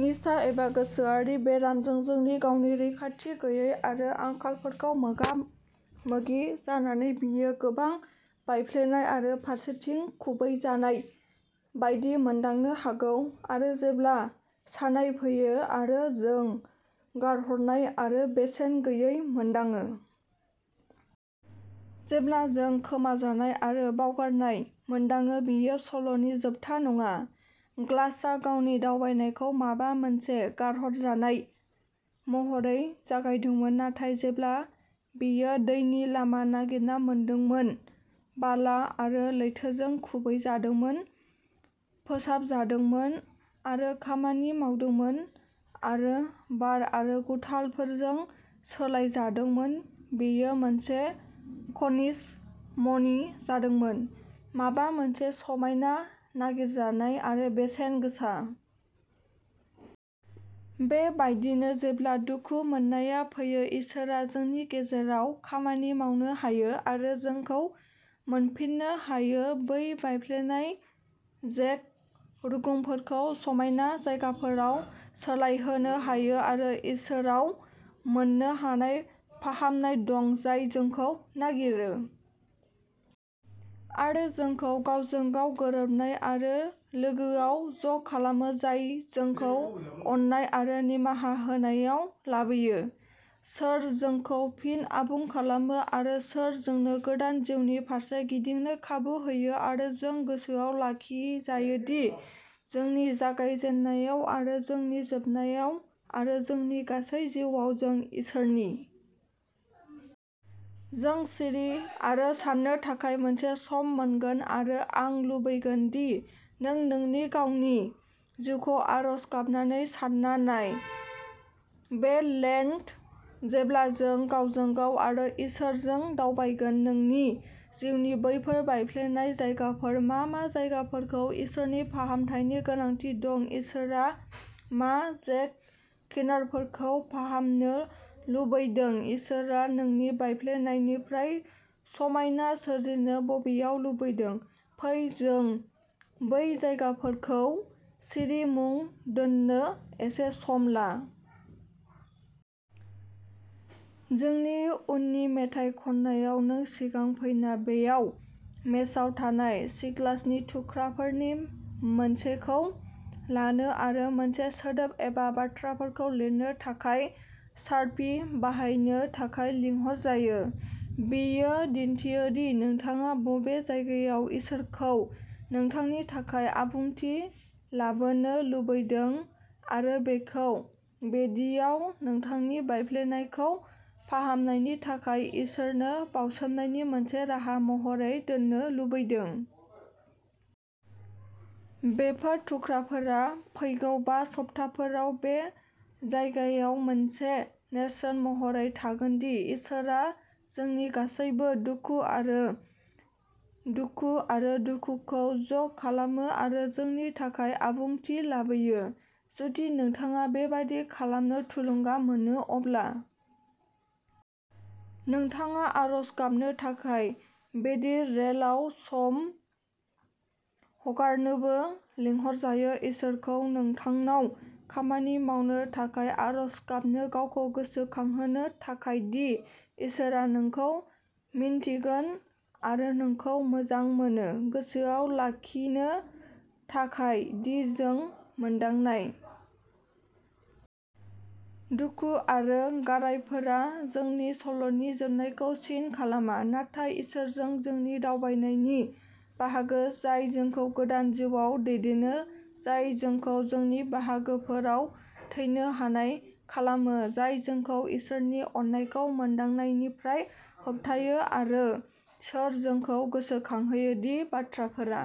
निसा एबा गोसोआरि बेरामजों जोंनि गावनि रैखाथि गैयै आरो आंखालफोरखौ मोगा मोगि जानानै बेयो गोबां बायफ्लेनाय आरो फारसेथिं खुबैजानाय बायदि मोनदांनो हागौ आरो जेब्ला सानाय फैयो आरो जों गारहरनाय आरो बेसेन गैयै मोनदाङो जेब्ला जों खोमाजानाय आरो बावगारनाय मोनदाङो बेयो सल'नि जोबथा नङा ग्लासआ गावनि दावबायनायखौ माबा मोनसे गारहरजानाय महरै जागायदोंमोन नाथाय जेब्ला बेयो दैनि लामा नागिरना मोनदोंमोन बाला आरो लैथोजों खुबैजादोंमोन फोसाबजादोंमोन आरो खामानि मावदोंमोन आरो बार आरो गुथालफोरजों सोलायजादोंमोन बेयो मोनसे खनिज मणि जादोंमोन माबा मोनसे समायना, नागिरजानाय आरो बेसेनगोसा। बे बायदिनो जेब्ला दुखु मोननाया फैयो इसोरआ जोंनि गेजेराव खामानि मावनो हायो आरो जोंखौ मोनफिननो हायो बै बायफ्लेनाय जेग्ड रुगुंफोरखौ समायना जायगाफोराव सोलायहोनो हायो आरो इसोराव मोननो हानाय फाहामनाय दं जाय जोंखौ नागिरो आरो जोंखौ गावजों गाव गोरोबनाय आरो लोगोयाव ज'खालामो जाय जोंखौ अननाय आरो निमाहा होनायाव लाबोयो सोर जोंखौ फिन आबुं खालामो आरो सोर जोंनो गोदान जिउनि फारसे गिदिंनो खाबु होयो आरो जों गोसोआव लाखिजायो दि जोंनि जागायजेन्नायाव आरो जोंनि जोबनायाव आरो जोंनि गासै जिउआव-जों इसोरनि। जों सिरि आरो सान्नो थाखाय मोनसे सम मोनगोन आरो आं लुबैगोन दि नों नोंनि गावनि जिउखौ आरज गाबनानै सान्ना नाय। बे लेन्ट जेब्ला जों गावजों गाव आरो इसोरजों दावबायगोन नोंनि जिउनि बैफोर बायफ्लेनाय जायगाफोर मा मा जायफोरखौ इसोरनि फाहामनायनि गोनांथि दं इसोरआ मा जेग्ड किनारफोरखौ फाहामनो लुबैदों इसोरआ नोंनि बायफ्लेनायनिफ्राय समायना सोरजिनो बबेयाव लुबैदों फै जों बै जायगाफोरखौ सिरि मुं दोन्नो एसे सम ला। जोंनि उननि मेथाइ खननायाव नों सिगां फैना बेयाव मेजआव थानाय सिग्लासनि थुख्राफोरनि मोनसेखौ लानो आरो मोनसे सोदोब एबा बाथ्राफोरखौ लिरनो थाखाय शार्पि बाहायनो थाखाय लिंहरजायो। बेयो दिन्थियो दि नोंथाङा बबे जायगायाव इसोरखौ नोंथांनि थाखाय आबुंथि लाबोनो लुबैदों आरो बेखौ बेदियाव नोंथांनि बायफ्लेनायखौ फाहामनायनि थाखाय इसोरनो बावसोमनायनि मोनसे राहा महरै दोननो लुबैदों। बेफोर थुख्राफोरा फैगौ बा सप्ताफोराव बे जायगायाव मोनसे नेरसोन महरै थागोन दि इसोरआ जोंनि गासैबो दुखु आरो दुखु आरो दुखुखौ ज'खालामो आरो जोंनि थाखाय आबुंथि लाबोयो। जुदि नोंथाङा बेबादि खालामनो थुलुंगा मोनो अब्ला नोंथाङा आरज गाबनो थाखाय बेदिर रेलआव सम हगारनोबो लिंहरजायो इसोरखौ नोंथांनाव खामानि मावनो थाखाय आरज गाबनो गावखौ गोसोखांहोनो थाखाय दि इसोरआ नोंखौ मिन्थिगोन आरो नोंखौ मोजां मोनो गोसोआव लाखिनो थाखाय दि जों मोनदांनाय दुखु आरो गारायफोरा जोंनि सल'नि जोबनायखौ सिन खालामा नाथाय इसोरजों जोंनि दावबायनायनि बाहागो जाय जोंखौ गोदान जिउआव दैदेनो जाय जोंखौ जोंनि बाहागोफोराव थैनो हानाय खालामो जाय जोंखौ इसोरनि अननायखौ मोनदांनायनिफ्राय होबथायो आरो सोर जोंखौ गोसोखांहोयो दि बाथ्राफोरा